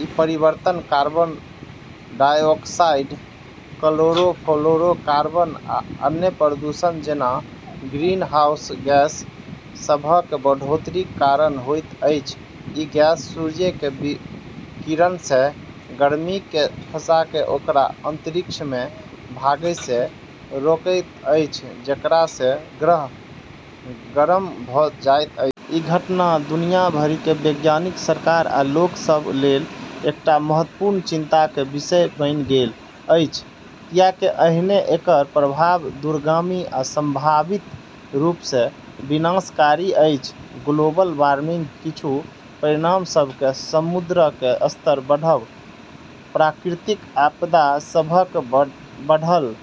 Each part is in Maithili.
ई परिवर्तन कार्बन डाइऑक्साइड, क्लोरोफ्लोरोकार्बन, आ अन्य प्रदूषक जेना ग्रीनहाउस गैस सभक बढ़ोत्तरीक कारण होइत अछि। ई गैस सूर्यक किरण सँ गर्मिकेँ फँसा कऽ ओकरा अंतरिक्षमे भागए सँ रोकैत अछि, जेकरा सँ ग्रह गरम भऽ जाइत अछि। ई घटना दुनिया भरि क वैज्ञानिक, सरकार आ लोक सभ लेल एकटा महत्वपूर्ण चिंताक विषय बनि गेल अछि, कियाकअहने एकर प्रभाव दूरगामी आ संभावित रूप सँ विनाशकारी अछि। ग्लोबल वार्मिंगक किछु परिणाम सभ मे समुद्रक स्तर बढ़ब, प्राकृतिक आपदा सभक बढ़ल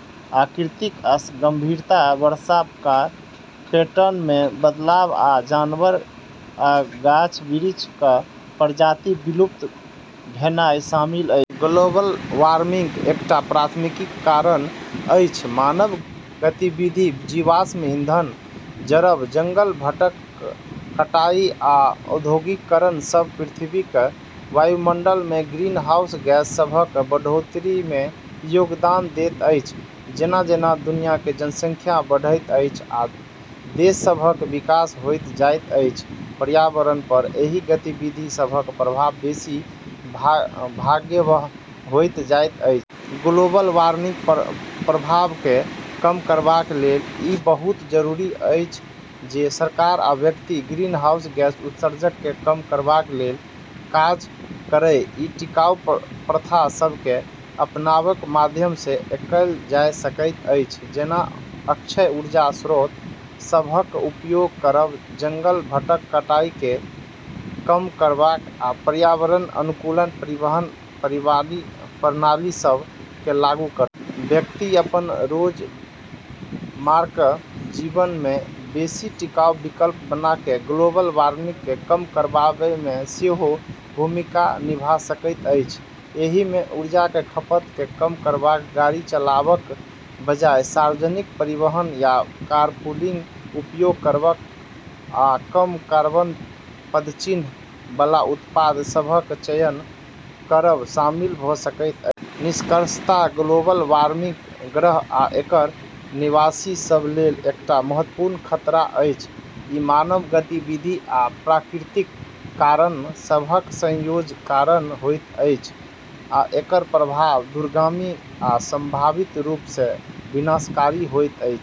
आवृत्ति आ गंभीरता, वर्षा क पैटर्न मे बदलाव, आ जानवर आ गाछ-बिरछ क प्रजातिक विलुप्त भेनाइ शामिल अछि। ग्लोबल वार्मिंगक एकटा प्राथमिक कारण अछि मानव गतिविधि। जीवाश्म ईंधनक जरब, जंगल सभक कटाइ, आ औद्योगीकरण सभ पृथ्वीक वायुमंडल मे ग्रीनहाउस गैस सभक बढ़ोत्तरी मे योगदान दैत अछि। जेना-जेना दुनियाक जनसंख्या बढ़ैत अछि आ देश सभक विकास होइत जाइत अछि, पर्यावरण पर एहि गतिविधि सभक प्रभाव बेसी भयावह होइत जाइत अछि। ग्लोबल वार्मिंगक प्रभाव केँ कम करबा लेल ई बहुत जरूरी अछि जे सरकार आ व्यक्ति ग्रीनहाउस गैस उत्सर्जन केँ कम करबा लेल काज करए। ई टिकाऊ प्रथा सभ केँ अपनाबाक माध्यम सँ कएल जा सकैत अछि, जेना अक्षय ऊर्जा स्रोत सभक उपयोग करब, जंगल सभक कटाइ केँ कम करब, आ पर्यावरणक अनुकूल परिवहन प्रणाली सभ केँ लागू करब। व्यक्ति अपन रोजमर्राक जीवन मे बेसी टिकाऊ विकल्प बना कऽ ग्लोबल वार्मिंग केँ कम करबामे सेहो भूमिका निभा सकैत अछि। एहि मे ऊर्जाक खपत केँ कम करब, गाड़ी चलाबाक बजाय सार्वजनिक परिवहन या कारपूलिंगक उपयोग करब, आ कम कार्बन पदचिह्न बला उत्पाद सभक चयन करब शामिल भऽ सकैत अछि। निष्कर्षतः ग्लोबल वार्मिंग ग्रह आ एकर निवासी सभ लेल एकटा महत्वपूर्ण खतरा अछि। ई मानव गतिविधि आ प्राकृतिक कारक सभक संयोजनक कारण होइत अछि, आ एकर प्रभाव दूरगामी आ संभावित रूप सँ विनाशकारी होइत अछि।